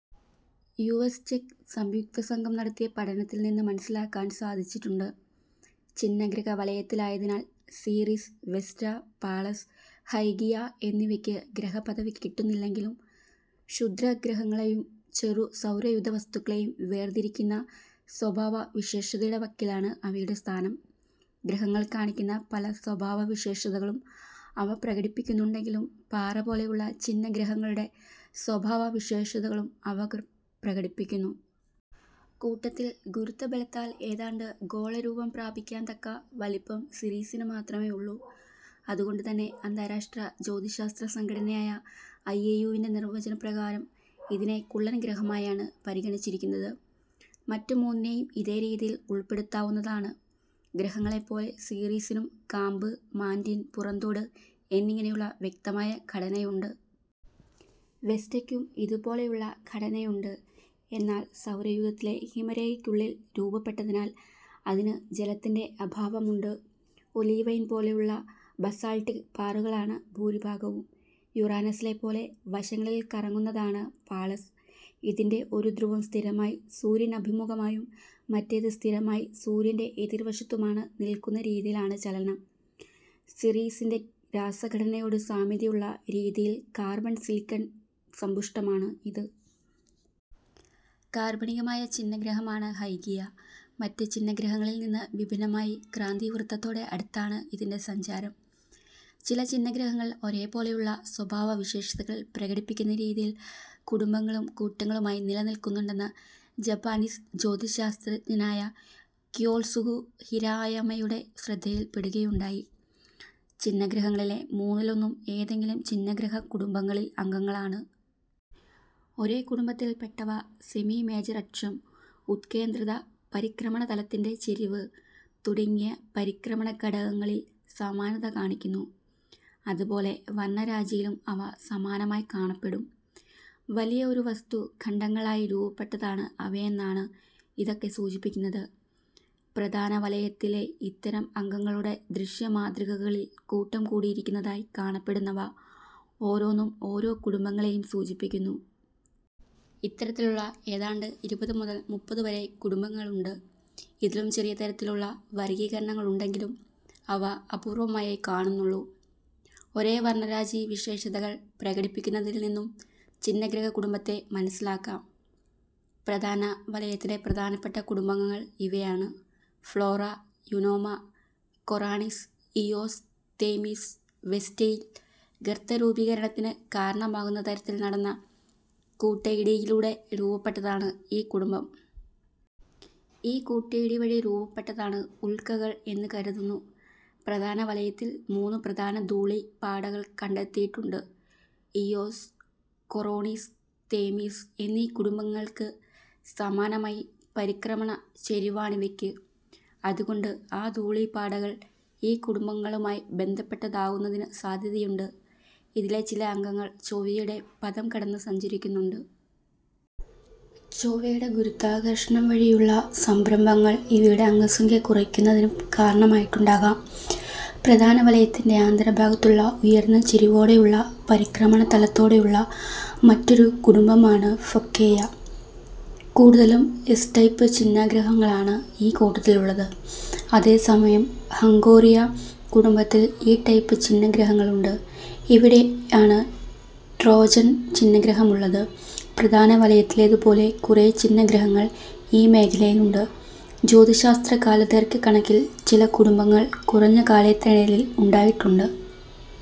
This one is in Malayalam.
യു എസ് ചെക്ക് സംയുക്തസംഘം നടത്തിയ പഠനത്തിൽ നിന്ന് മനസ്സിലാക്കാൻ സാധിച്ചിട്ടുണ്ട്. ഛിന്നഗ്രഹ വലയത്തിലായതിനാൽ സീറീസ്, വെസ്റ്റ, പാളസ്, ഹൈഗിയ എന്നിവയ്ക്ക് ഗ്രഹപദവി കിട്ടുന്നില്ലെങ്കിലും ക്ഷുദ്ര ഗ്രഹങ്ങളെയും ചെറു സൗരയൂഥ വസ്തുക്കളേയും വേർതിരിക്കുന്ന സ്വഭാവവിശേഷതയുടെ വക്കിലാണ് അവയുടെ സ്ഥാനം. ഗ്രഹങ്ങൾ കാണിക്കുന്ന പല സ്വഭാവവിശേഷതകളും അവ പ്രകടിപ്പിക്കുന്നുണ്ടെങ്കിലും പാറ പോലെയുള്ള ഛിന്നഗ്രഹങ്ങളുടെ സ്വഭാവവിശേഷതകളും അവഗ പ്രകടിപ്പിക്കുന്നു. കൂട്ടത്തിൽ ഗുരുത്വബലത്താൽ ഏതാണ്ട് ഗോള രൂപം പ്രാപിക്കാൻ തക്ക വലിപ്പം സീറിസിന് മാത്രമേ ഉള്ളൂ. അതുകൊണ്ട് തന്നെ അന്താരാഷ്ട്ര ജ്യോതിശാസ്ത്ര സംഘടനയായ ഐ എ യുവിൻ്റെ നിർവ്വചന പ്രകാരം ഇതിനെ കുള്ളൻ ഗ്രഹമായാണ് പരിഗണിച്ചിരിക്കുന്നത്. മറ്റ് മൂന്നിനേയും ഇതേ രീതിയിൽ ഉൾപ്പെടുത്താവുന്നതാണ്. ഗ്രഹങ്ങളെ പോലെ സീറീസിനും കാമ്പ്, മാൻ്റിൽ, പുറംതോട് എന്നിങ്ങനെയായുള്ള വ്യക്തമായ ഘടനയുണ്ട്. വെസ്റ്റയ്ക്കും ഇതുപോലെയുള്ള ഘടനയുണ്ട്, എന്നാൽ സൗരയൂഥത്തിലെ ഹിമരേഖയ്ക്കുള്ളിൽ രൂപപ്പെട്ടതിനാൽ അതിന് ജലത്തിൻ്റെ അഭാവമുണ്ട്. ഒലീവൈൻ പോലെയുള്ള ബസാൾട്ടിക്ക് പാറകളാണ് ഭൂരിഭാഗവും. യുറാനസിനെ പോലെ വശങ്ങളിൽ കറങ്ങുന്നതാണ് പാളസ്. ഇതിൻ്റെ ഒരു ധ്രുവം സ്ഥിരമായി സൂര്യനഭിമുഖമായും മറ്റേത് സ്ഥിരമായി സൂര്യൻ്റെ എതിർവശത്തുമായി നിൽക്കുന്ന രീതിയിലാണ് ചലനം. സീറീസിൻ്റെ രാസഘടനയോട് സാമ്യതയുള്ള രീതിയിൽ കാർബൺ, സിലിക്കൺ സമ്പുഷ്ടമാണ് ഇത്. കാർബണികമായ ഛിന്നഗ്രഹമാണ് ഹൈഗിയ, മറ്റ് ഛിന്നഗ്രഹങ്ങളിൽ നിന്ന് വിഭിന്നമായി ക്രാന്തി വൃത്തത്തോട് അടുത്താണ് ഇതിൻ്റെ സഞ്ചാരം. ചില ഛിന്നഗ്രഹങ്ങൾ ഒരേ പോലെയുള്ള സ്വഭാവവിശേഷതകൾ പ്രകടിപ്പിക്കുന്ന രീതിയിൽ കുടുംബങ്ങളും കൂട്ടങ്ങളുമായി നിലനിൽക്കുന്നുണ്ടെന്ന് ജപ്പാനീസ് ജ്യോതിശാസ്ത്രജ്ഞനായ കിയോത്സുഗു ഹിരായമയുടെ ശ്രദ്ധയിൽ പെടുകയുണ്ടായി. ഛിന്നഗ്രഹങ്ങളിലെ മൂന്നിലൊന്നും ഏതെങ്കിലും ഛിന്നഗ്രഹ കുടുംബങ്ങളിൽ അംഗങ്ങളാണ്. ഒരേ കുടുംബത്തിൽ പെട്ടവ സെമി മേജർ അക്ഷം, ഉത്കേന്ദ്രത, പരിക്രമണതലത്തിൻ്റെ ചെരിവ് തുടങ്ങിയ പരിക്രമണ ഘടകങ്ങളിൽ സമാനത കാണിക്കുന്നു. അതുപോലെ വർണ്ണരാജിയിലും അവ സമാനമായി കാണപ്പെടും. വലിയ ഒരു വസ്തു ഖണ്ഡങ്ങളായി രൂപപ്പെട്ടതാണ് അവയെന്നാണ് ഇതൊക്കെ സൂചിപ്പിക്കുന്നത്. പ്രധാന വലയത്തിലെ ഇത്തരം അംഗങ്ങളുടെ ദൃശ്യമാതൃകകളിൽ കൂട്ടം കൂടിയിരിക്കുന്നതായി കാണപ്പെടുന്നവ ഓരോന്നും ഓരോ കുടുംബങ്ങളെയും സൂചിപ്പിക്കുന്നു. ഇത്തരത്തിലുള്ള ഏതാണ്ട് ഇരുപത് മുതൽ മുപ്പത് വരെ കുടുംബങ്ങളുണ്ട്. ഇതിലും ചെറിയ തലത്തിലുള്ള വർഗ്ഗീകരണങ്ങളുണ്ടെങ്കിലും അവ അപൂർവ്വമായേ കാണുന്നുള്ളൂ. ഒരേ വർണ്ണരാജി വിശേഷതകൾ പ്രകടിപ്പിക്കുന്നതിൽ നിന്നും ഛിന്നഗ്രഹ കുടുംബത്തെ മനസ്സിലാക്കാം. പ്രധാന വലയത്തിലെ പ്രധാനപ്പെട്ട കുടുംബങ്ങൾ ഇവയാണ്: Flora, Eunomia, Koronis, Eos, Themis. വെസ്റ്റയിൽ ഗർത്തരൂപീകരണത്തിന് കാരണമാകുന്ന തരത്തിൽ നടന്ന കൂട്ടിയിടിയിലൂടെ രൂപപ്പെട്ടതാണ് ഈ കുടുംബം. ഈ കൂട്ടിയിടി വഴി രൂപപ്പെട്ടതാണ് ഉൽക്കകൾ എന്ന് കരുതുന്നു. പ്രധാന വലയത്തിൽ മൂന്ന് പ്രധാന ധൂളി പാടകൾ കണ്ടെത്തിയിട്ടുണ്ട്. ഇയോസ്, കൊറോണിസ്, തേമിസ് എന്നീ കുടുംബങ്ങൾക്ക് സമാനമായ പരിക്രമണ ചെരിവാണിവയ്ക്ക്. അതുകൊണ്ട് ആ ധൂളി പാടകൾ ഈ കുടുംബങ്ങളുമായി ബന്ധപ്പെട്ടതാകുന്നതിന് സാധ്യതയുണ്ട്. ഇതിലെ ചില അംഗങ്ങൾ ചൊവ്വയുടെ പഥം കടന്ന് സഞ്ചരിക്കുന്നുണ്ട്. ചൊവ്വയുടെ ഗുരുത്വാകർഷണം വഴിയുള്ള സംഭ്രമങ്ങൾ ഇവയുടെ അംഗസംഖ്യ കുറയുന്നതിന് കാരണമായിട്ടുണ്ടാകാം. പ്രധാന വലയത്തിൻ്റെ ആന്തരഭാഗത്തുള്ള ഉയർന്ന ചെരിവോടെയുള്ള പരിക്രമണ തലത്തോടെയുള്ള മറ്റൊരു കുടുംബമാണ് ഫൊക്കായെ. കൂടുതലും എസ് ടൈപ്പ് ഛിന്നഗ്രഹങ്ങളാണ് ഈ കൂട്ടത്തിലുള്ളത്, അതേസമയം ഹംഗേറിയ കുടുംബത്തിൽ ഈ ടൈപ്പ് ഛിന്നഗ്രഹങ്ങളുണ്ട്. ഇവിടെയാണ് ട്രോജൻ ഛിന്നഗ്രഹങ്ങളുള്ളത്, പ്രധാന വലയത്തിലേതു പോലെ കുറേ ഛിന്നഗ്രഹങ്ങൾ ഈ മേഖലയിലുണ്ട്. ജ്യോതിശാസ്ത്ര കാലദൈർഘ്യ കണക്കിൽ ചില കുടുംബങ്ങൾ കുറഞ്ഞ കാലത്തിനിടയിൽ ഉണ്ടായിട്ടുണ്ട്.